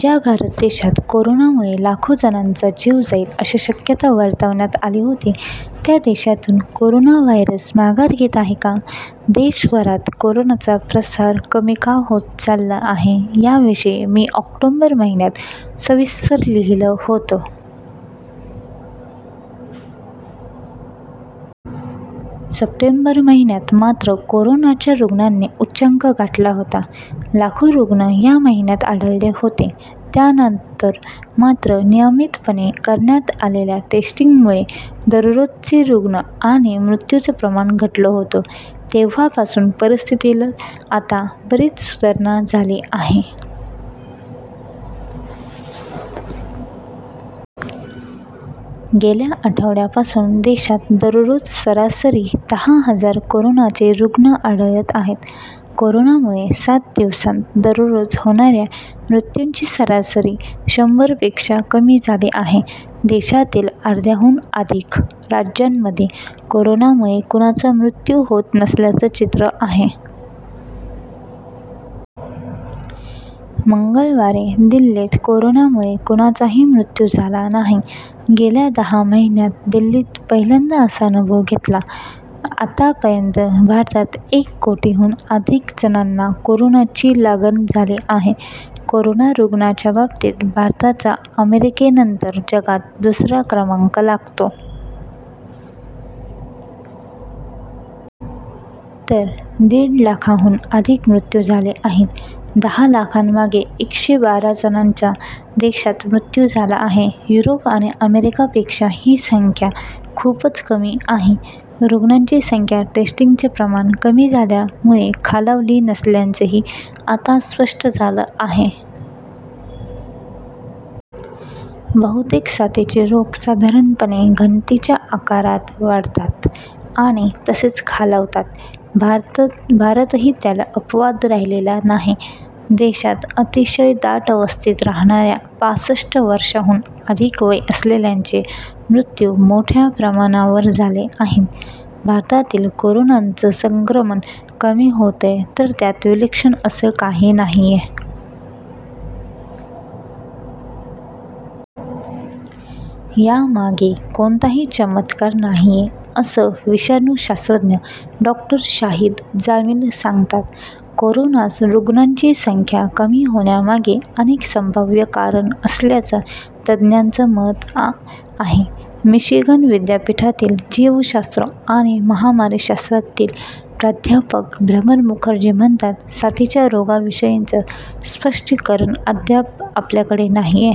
ज्या भारत देशात कोरोनामुळे लाखो जणांचा जीव जाईल, अशी शक्यता वर्तवण्यात आली होती, त्या देशातून कोरोना व्हायरस माघार घेत आहे का? देशभरात कोरोनाचा प्रसार कमी का होत चालला आहे, याविषयी मी ऑक्टोबर महिन्यात सविस्तर लिहिलं होतं. सप्टेंबर महिन्यात मात्र कोरोनाच्या रुग्णांनी उच्चांक गाठला होता. लाखो रुग्ण या महिन्यात आढळले होते. त्यानंतर मात्र नियमितपणे करण्यात आलेल्या टेस्टिंगमुळे दररोजचे रुग्ण आणि मृत्यूंचं प्रमाण घटलं होतं. तेव्हापासून परिस्थितीत आता बरीच सुधारणा झाली आहे. गेल्या आठवड्यापासून देशात दररोज सरासरी दहा हजार कोरोनाचे रुग्ण आढळत आहेत. कोरोनामुळे सात दिवसांत दररोज होणाऱ्या मृत्यूंची सरासरी शंभर पेक्षा कमी झाली आहे. देशातील अर्ध्याहून अधिक राज्यांमध्ये कोरोनामुळे कुणाचा मृत्यू होत नसल्याचं चित्र आहे. मंगळवारी दिल्लीत कोरोनामुळे कुणाचाही मृत्यू झाला नाही. गेल्या दहा महिन्यांत दिल्लीनं पहिल्यांदा असा अनुभव घेतला. आतापर्यंत भारतात एक कोटींहून अधिक जणांना कोरोनाची लागण झाली आहे. कोरोना रुग्णांच्या बाबतीत भारताचा अमेरिकेनंतर जगात दुसरा क्रमांक लागतो. तर दीड लाखांहून अधिक मृत्यू झाले आहेत. दहा लाखांमागे एकशे बारा जणांचा देशात मृत्यू झाला आहे. युरोप आणि अमेरिकापेक्षा ही संख्या खूपच कमी आहे. रुग्णांची संख्या टेस्टिंगचं प्रमाण कमी झाल्यामुळे खालावली नसल्याचंही आता स्पष्ट झालं आहे. बहुतेक साथीचे रोग साधारणपणे घंटीच्या आकारात वाढतात आणि तसेच खालावतात. भारतही त्याला अपवाद राहिलेला नाही. देशात अतिशय दाटवस्तीत राहणाऱ्या पासष्ट वर्षांहून अधिक वय असलेल्यांचे मृत्यू मोठ्या प्रमाणावर झाले आहेत. भारतातील कोरोनाचं संक्रमण कमी होतंय तर त्यात विलक्षण असं काही नाहीये. यामागे कोणताही चमत्कार नाहीये, असं विषाणूशास्त्रज्ञ डॉ. शाहीद जामील सांगतात. कोरोना रुग्णांची संख्या कमी होण्यामागे अनेक संभाव्य कारणं असल्याचं तज्ञांचं मत आहे. मिशिगन विद्यापीठातील जीवशास्त्र आणि महामारीशास्त्रातील प्राध्यापक भ्रमर मुखर्जी म्हणतात साथीच्या रोगाविषयीचं स्पष्टीकरण अद्याप आपल्याकडे नाहीये.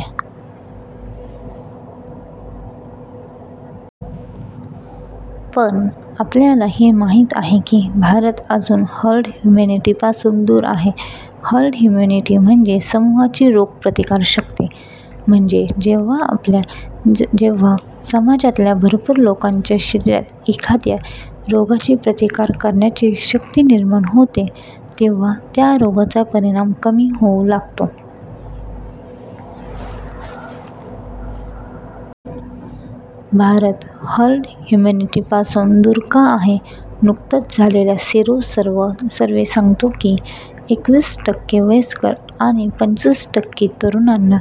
पण आपल्याला हे माहिती आहे की भारत अजून हर्ड इम्यूनिटीपासून दूर आहे. हर्ड इम्युनिटी म्हणजे समूहाची रोग प्रतिकारकशक्ती. म्हणजे जेव्हा समाजातल्या भरपूर लोकांच्या शरीरात एखाद्या रोगाची प्रतिकार करण्याची शक्ती निर्माण होते, तेव्हा त्या रोगाचा परिणाम कमी होऊ लागतो. भारत हर्ड इम्यूनिटीपासून दूर का आहे? नुकताच झालेला सिरो सर्व्हे सांगतो की, एकवीस टक्के वयस्कर आणि पंचवीस टक्के तरुणांना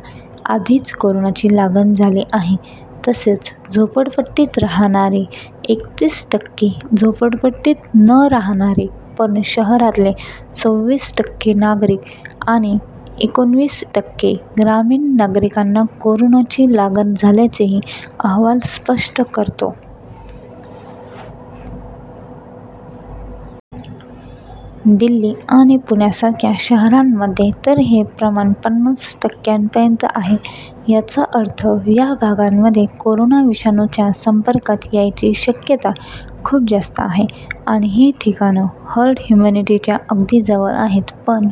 आधीच कोरोनाची लागण झाली आहे. तसंच झोपडपट्टीत राहणारे एकत्तीस टक्के, झोपडपट्टीत न राहणारे पण शहरातले संविस टक्के नागरिक आणि एकोणविस टक्के ग्रामीण नागरिकांना कोरोनाची लागण झाल्याचंही अहवाल स्पष्ट करतो. दिल्ली आणि पुण्यासारख्या शहरांमध्ये तर हे प्रमाण पन्नास टक्क्यांपर्यंत आहे. याचा अर्थ या भागांमध्ये कोरोना विषाणूच्या संपर्कात यायची शक्यता खूप जास्त आहे आणि ही ठिकाणं हर्ड इम्यूनिटीच्या अगदी जवळ आहेत. पण